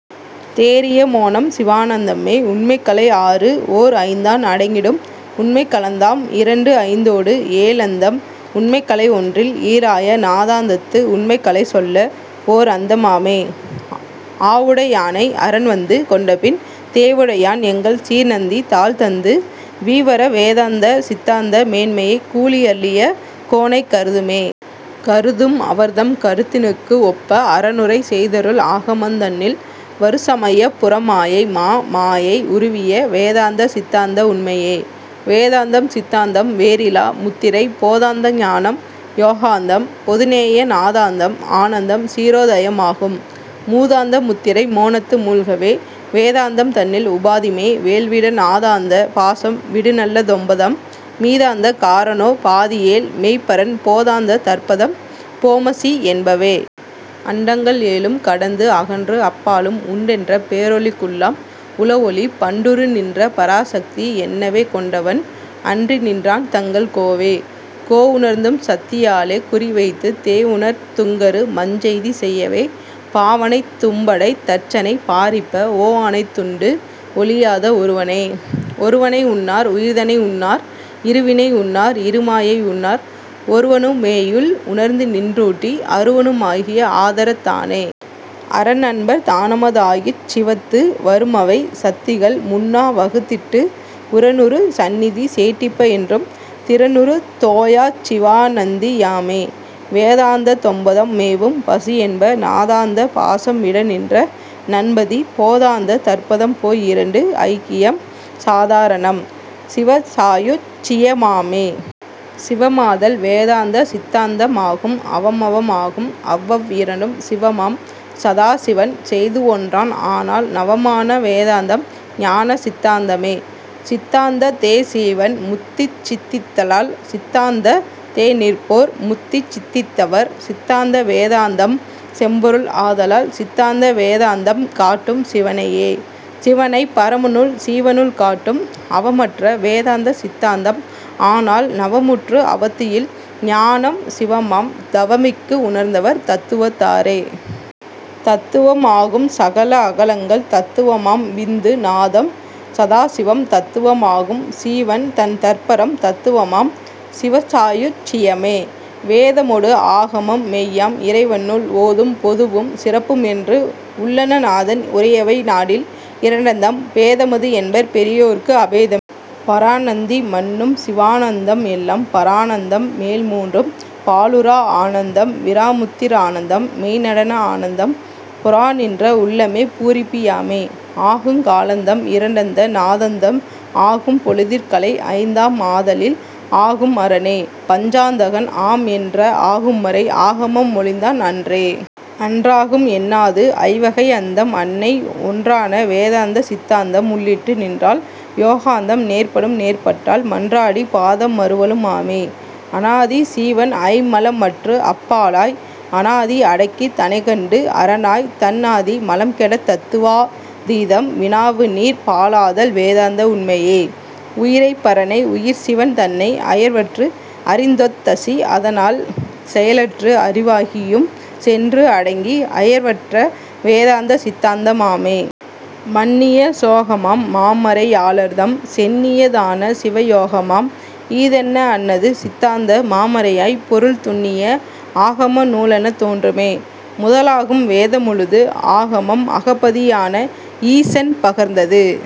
தேறிய மோனம் சிவானந்தமே. உண்மைக் கலைஆறுஓர் ஐந்தான் அடங்கிடும் உண்மைக் கலாந்தம் இரண்டுஐந்தோடு ஏழ்அந்தம் உண்மைக் கலைஒன்றில் ஈறாய நாதாந்தத்து உண்மைக் கலைசொல்ல ஓர்அந்தம் ஆமே. ஆவுடை யானை அரன்வந்து கொண்டபின் தேவுடை யான்எங்கள் சீர்நந்தி தாள்தந்து வீவற வேதாந்த சித்தாந்த மேன்மையைக் கூளி யருளிய கோனைக் கருதுமே. கருதும் அவர்தம் கருத்தினுக்கு ஒப்ப அரனுரை செய்தருள் ஆகமந் தன்னில் வருசமயப் புற மாயைமா மாயை உருவிய வேதாந்த சித்தாந்த உண்மையே. வேதாந்தம் சித்தாந்தம் வேறிலா முத்திரை போதாந்த ஞானம் யோகாந்தம் பொதுஞேய நாதாந்தம் ஆனந்தம் சீரோ தயமாகும் மூதாந்த முத்திரை மோனத்து மூழ்கவே. வேதாந்தம் தன்னில் உபாதிமே வேழ்விட நாதாந்த பாசம் விடுநல்ல தொம்பதம் மீதாந்த காரணோ பாதியேழ் மெய்ப்பரன் போதாந்த தற்பதம் போமசி என்பவே. அண்டங்கள் ஏழும் கடந்துஅகன்று அப்பாலும் உண்டென்ற பேரொளிக் குள்ளாம் உளஒளி பண்டுறு நின்ற பராசக்தி என்னவே கொண்டவன் அன்றி நின்றான் தங்கள் கோவே. கோ உணர்ந்தும் சத்தியாலே குறிவைத்துத் தேவுணர்த் துங்கரு மஞ்செய்தி செய்யவே பாவனைத் தும்படைத் தர்ச்சனை பாரிப்ப ஓஅனைத் துண்டு ஒழியாத ஒருவனே. ஒருவனை உன்னார் உயிர்தனை உன்னார் இருவினை உன்னார் இருமாயை உன்னார் ஒருவனுமேயுள் உணர்ந்தி நின்றூட்டி அருவனுமாகிய ஆதரத்தானே. அரன்அன்பர் தானமதாகிச் சிவத்து வருமவை சத்திகள் முன்னா வகுத்திட்டு உரனுறு சந்நிதி சேட்டிப்ப என்றும் திரனுறு தோயாச் சிவாநந்தி யாமே. வேதாந்த தொம்பதம் மேவும் பசுஎன்ப நாதாந்த பாசம் விடநின்ற நன்பதி போதாந்த தற்பதம் போய் இரண்டு ஐக்கியம் சாதாரணம் சிவ சாயுச் சிய மாமே. சிவமாதல் வேதாந்த சித்தாந்தமாகும் அவம்அவம் ஆகும் அவ்வவ் இரண்டும் சிவமாம் சதாசிவன் செய்துஒன்றான் ஆனால் நவமான வேதாந்தம் ஞான சித்தாந்தமே. சித்தாந்த தேசீவன் முத்தி சித்தித்திலால் சித்தாந்தத் தேநிற்போர் முத்தி சித்தித்திவர் சித்தாந்த வேதாந்தம் செம்பொருள் ஆதலால் சிந்தாந்த வேதாந்தம் காட்டும் சிவனையே. சிவனைப் பரமனுள் சீவனுள் காட்டும் அவமற்ற வேதாந்த சித்தாந்தம் ஆனால் நவமுற்று அவத்தையில் ஞானம் சிவமாம் தவமிக்கு உணர்ந்தவர் தத்துவத் தாரே. தத்துவம் ஆகும் சகள அகளங்கள் தத்துவமாம் விந்து நாதம் சதாசிவம் தத்துவமாகும் சீவன் தன் தற்பரம் தத்துவமாம் சிவ சாயுச் சியமே. வேதமோடு ஆகமம் மெய்யாம் இறைவன்நூல் ஓதும் பொதுவும் சிறப்பும் என்று உள்ளன நாதன் உரையவை நாடில் இரண்டதம் பேதமது என்பர் பெரியோர்க்கு அபேதமே. பராநந்தி மன்னும் சிவானந்தம் எல்லாம் பரானந்தம் மேல்மூன்றும் பாழுறா ஆனந்தம் விராமுத்திரானந்தம் மெய்நடன ஆனந்தம் பொராநின்ற உள்ளமே பூரிப்பி யாமே. ஆகுங் கலாந்தம் இரண்டந்த நாதாந்தம் ஆகும் பொழுதிற் கலை ஐந்தாம் ஆதலில் ஆகும் அரனே பஞ்சாந்தகன் ஆம் என்ற ஆகும் மறை ஆகமம் மொழிந்தான் அன்றே. அன்றாகும் என்னாது ஐவகை அந்தம் அன்னை ஒன்றான வேதாந்த சித்தாந்தம் உள்ளிட்டு நின்றால் யோகாந்தம் நேர்படும் நேர்பட்டால் மன்றாடி பாதம் மருவலும் ஆமே. அனாதி சீவன் ஐம்மலமற்று அப்பாலாய் அனாதி அடக்கித்தனைக் கண்டு அரனாய்த் தன் ஆதிமலம் கெடத் தத்துவா தீதம் வினாவுநீர் பாலாதல் வேதாந்த உண்மையே. உயிரைப் பரனை உயிர்சிவன் தன்னை அயர்வற்று அறிதொந்தத்தசி அதனால் செயலற்று அறிவாகியும் சென்று அடங்கி அயர்வற்ற வேதாந்த சித்தாந்தம் ஆமே. மன்னிய சோகமாம் மாமறையாளர் தம் சென்னிய தான சிவயோகமாம் ஈதென்ன அன்னது சித்தாந்த மாமறையாய் பொருள் துன்னிய ஆகம நூலெனத் தோன்றுமே. முதலாகும் வேத முழுது ஆகமம் அகப்பதியான ஈசன் பகர்ந்தது